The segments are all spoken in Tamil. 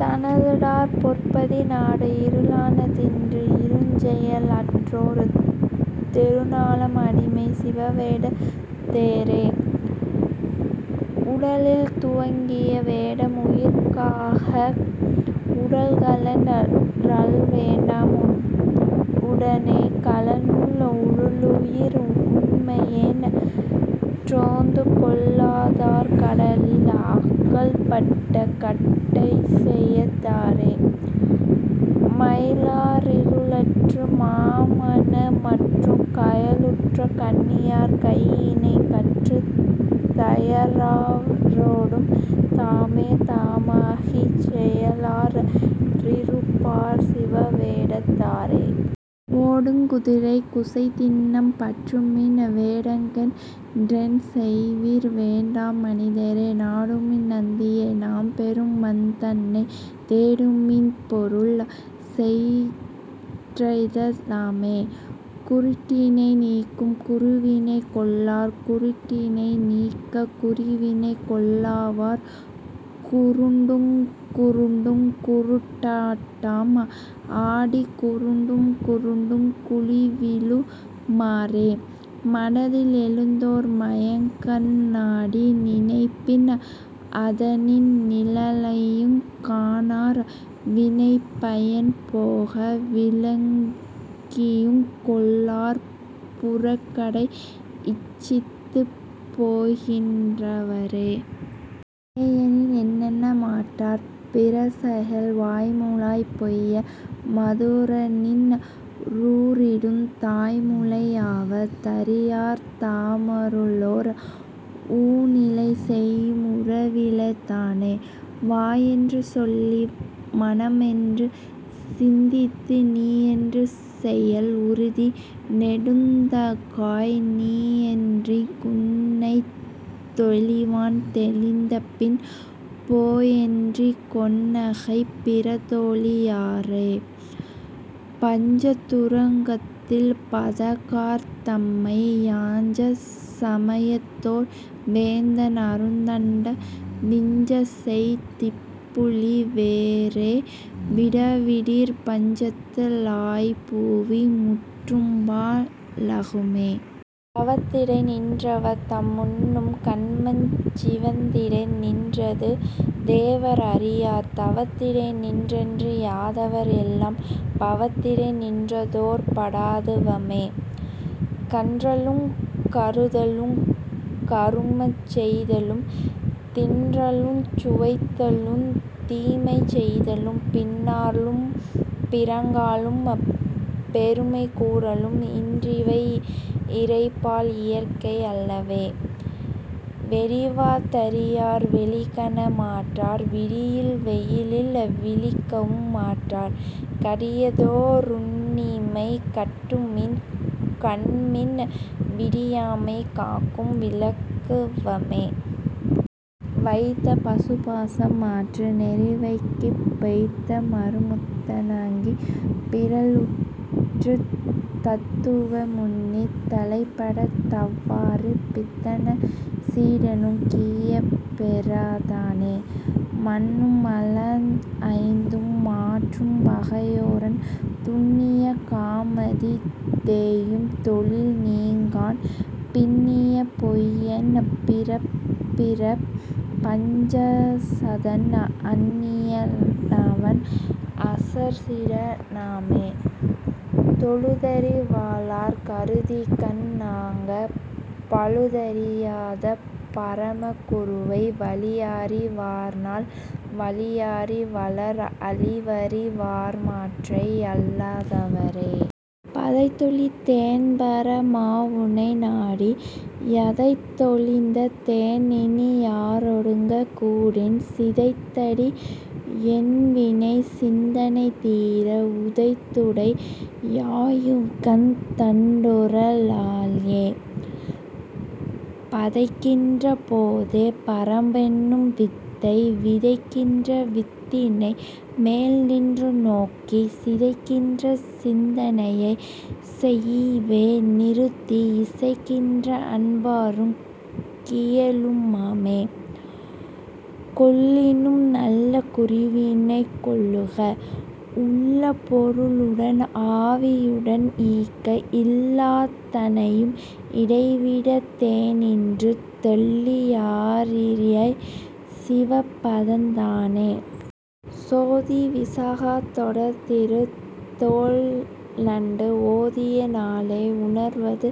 தனதுடற் பொற்பதி நாடி இருளான தின்றி யிருஞ்செயல் அற்றோர் தெருளாம் அடிமைச் சிவவேடத் தோரே. உடலில் துவக்கிய வேடம் உயிர்க்காகா உடல்கழன் றால்வேடம் உடனே கழலும் உடலுயிர் உண்மையென் றோர்ந்துகொள்ளாதார் கடலில் அகல்பட்ட கட்டையொத் தாரே. மயலற் றிருளற்று மாமன மற்றுக் கயலுற்ற கண்ணியர் கையிணைக் கற்றுத் தயலற் றவரோடும் தாமே தாமாகிச் செயலற் றிருப்பார் சிவவேடத் தாரே. ஒடுங் குதிரைக் குசைதிண்ணம் பற்றுமின் வேடங்கெண் டென்செய்வீர் வேண்டாமனிதரே நாடுமின் நந்தியை நம்பெரு மன்தன்னைத் தேடுமின் பப்பொருள் சென்றெய்த லாமே. குருட்டினை நீக்குங் குருவினைக் கொள்ளார் குருட்டினை நீக்காக் குருவினைக் கொள்வார் குருடுங் குருடுங் குருட்டாட்டம் ஆடிக் குருடுங் குருடுங் குழிவிழு மாறே. மனத்தில் எழுந்தோர் மாயக்கண் ணாடி நினைப்பின் அதனின் நிழலையுங் காணார் வினைப்பயன் போக விளக்கியுங் கொள்ளார் புறக்கடை இச்சித்துப் போகின்ற வாறே. ஏயெனில் என்னென மாட்டார் பிரசைகள் வாய்முலை பெய்ய மதுரநின் றூறிடுந் தாய்முலை யாவ தறியார் தமருளோர் ஊனிலை செய்யும் உருவிலி தானே. வாயென்று சொல்லி மனமொன்று சிந்தித்து நீயொன்று செய்யல் உறுதி நெடுந்தகாய் நீயென்றிங் குன்னைத் தெளிவன் தெளிந்தபின் பேயென்றிங் கென்னைப் பிறர்தெளி யாரே. பஞ்சத் துரோகத்திப் பாதகர் தம்மை யஞ்சச் சமயத்தோர் வேந்தன் அருந்தண்டம் விஞ்சச்செய் திப்புலி வேறே விடாவிடிற் பஞ்சத்து ளாய்புவி முற்றும்பா ழாகுமே. தவத்திடை நின்றவர் தாமுண்ணும் கன்மஞ் சிவத்திடை நின்றது தேவர் அறியார் தவத்திடை நின்றறி யாதவர் எல்லாம் பவத்திடை நின்றதோர் பாடது வாமே. கன்றலுங் கருதலுங் கருமஞ் செய்தலும் தின்றலுஞ் சுவைத்தலுந் தீமைசெய்தலும் பின்றலும் பிறங்கலும் பெருமை கூறலும் என்றிவை இறைபால் இயற்கை அல்லவே. விடிவ தறியார் வெளிகாண மாட்டார் விடியில் வெளியில் விழிக்கவு மாட்டார் கடியதோ ருண்ணிமை கட்டுமின் கண்மின் விடியாமை காக்கும் விளக்கது வாமே. வைத்த பசுபாசம் மாற்று நெறிவைகிப் பெத்த மறமுத்த னாகிப் பிறழ்வுற்றுத் தத்துவ முன்னித் தலைப்படா தவ்வாறு பித்தன சீடனுக் கீயப் பெறாதானே. மன்னும் மலம்ஐந்தும் மாற்றும் வகையோரன் துன்னிய காமாதி தேயும் தொழில்நீங்கான் பின்னிய பொய்யன் பிறப்பிறப் பஞ்சாதான் அன்னிய னாவன் அசற்சீட னாமே. தொழுதறி வாளர் கருதிகண் ணாகப் பழுதறியாத பரம குருவை வழியறி வார்நல் வழியறி வாளர் அழிவறி வார்மாற்றை யல்லா தவரே. பதைதொழிந் தேன்பர மாவுனை நாடி யதைத்தொழிந் தேன்இனி யாரொடுங் கூடேன் சிதைத்தடி யேன்வினை சிந்தனை தீர உதைத்துடை யாயுகந் தாண்டரு ளாயே. பதைக்கின்ற போதே பரமென்னும் வித்தை விதைக்கின்ற வித்தினை மேல்நின்று நோக்கிச் சிதைக்கின்ற சிந்தனையையைச் செவ்வே நிறுத்தி இசைக்கின்ற அன்பருக் கீயலு மாமே. கொள்ளினும் நல்ல குருவினைக் கொள்ளுக உள்ள பொருளுடல் ஆவி யுடன்ஈக எள்ளாத் தனையும் இடைவிட தேநின்று தெள்ளி யறியச் சிவபதந் தானே. சோதி விசாகந் தொடர்ந்திரு தோள்நண்டு ஓதிய நாளே உணர்வது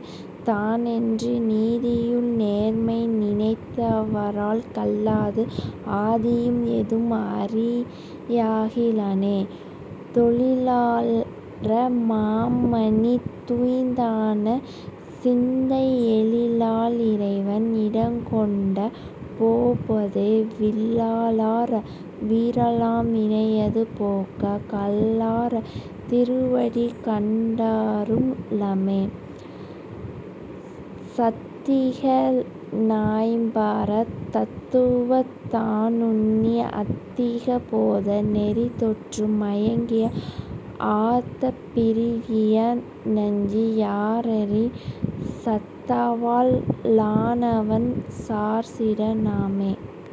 தானென்று நீதியுள் நேர்மை நினைந்தவர்க் கல்லது ஆதியும் ஏதும் அறியாகி லானே. தொழிலார மாமணித் தூய்தான சிந்தை எழிலால் இறைவன் இடங்கொண்ட போவதே விழலார் விறலாம் வினையது போகக் கழலார் திருவடி கண்டாரு ளமே. சாத்திக னாய்ப்பர தத்துவவந் தானுன்னி ஆத்திக பேத நெறிதோற்ற மாகியே ஆர்த்த பிறவியி னஞ்சி யறநெறி சத்தவால் லானவன் சாற்சீட னாமே.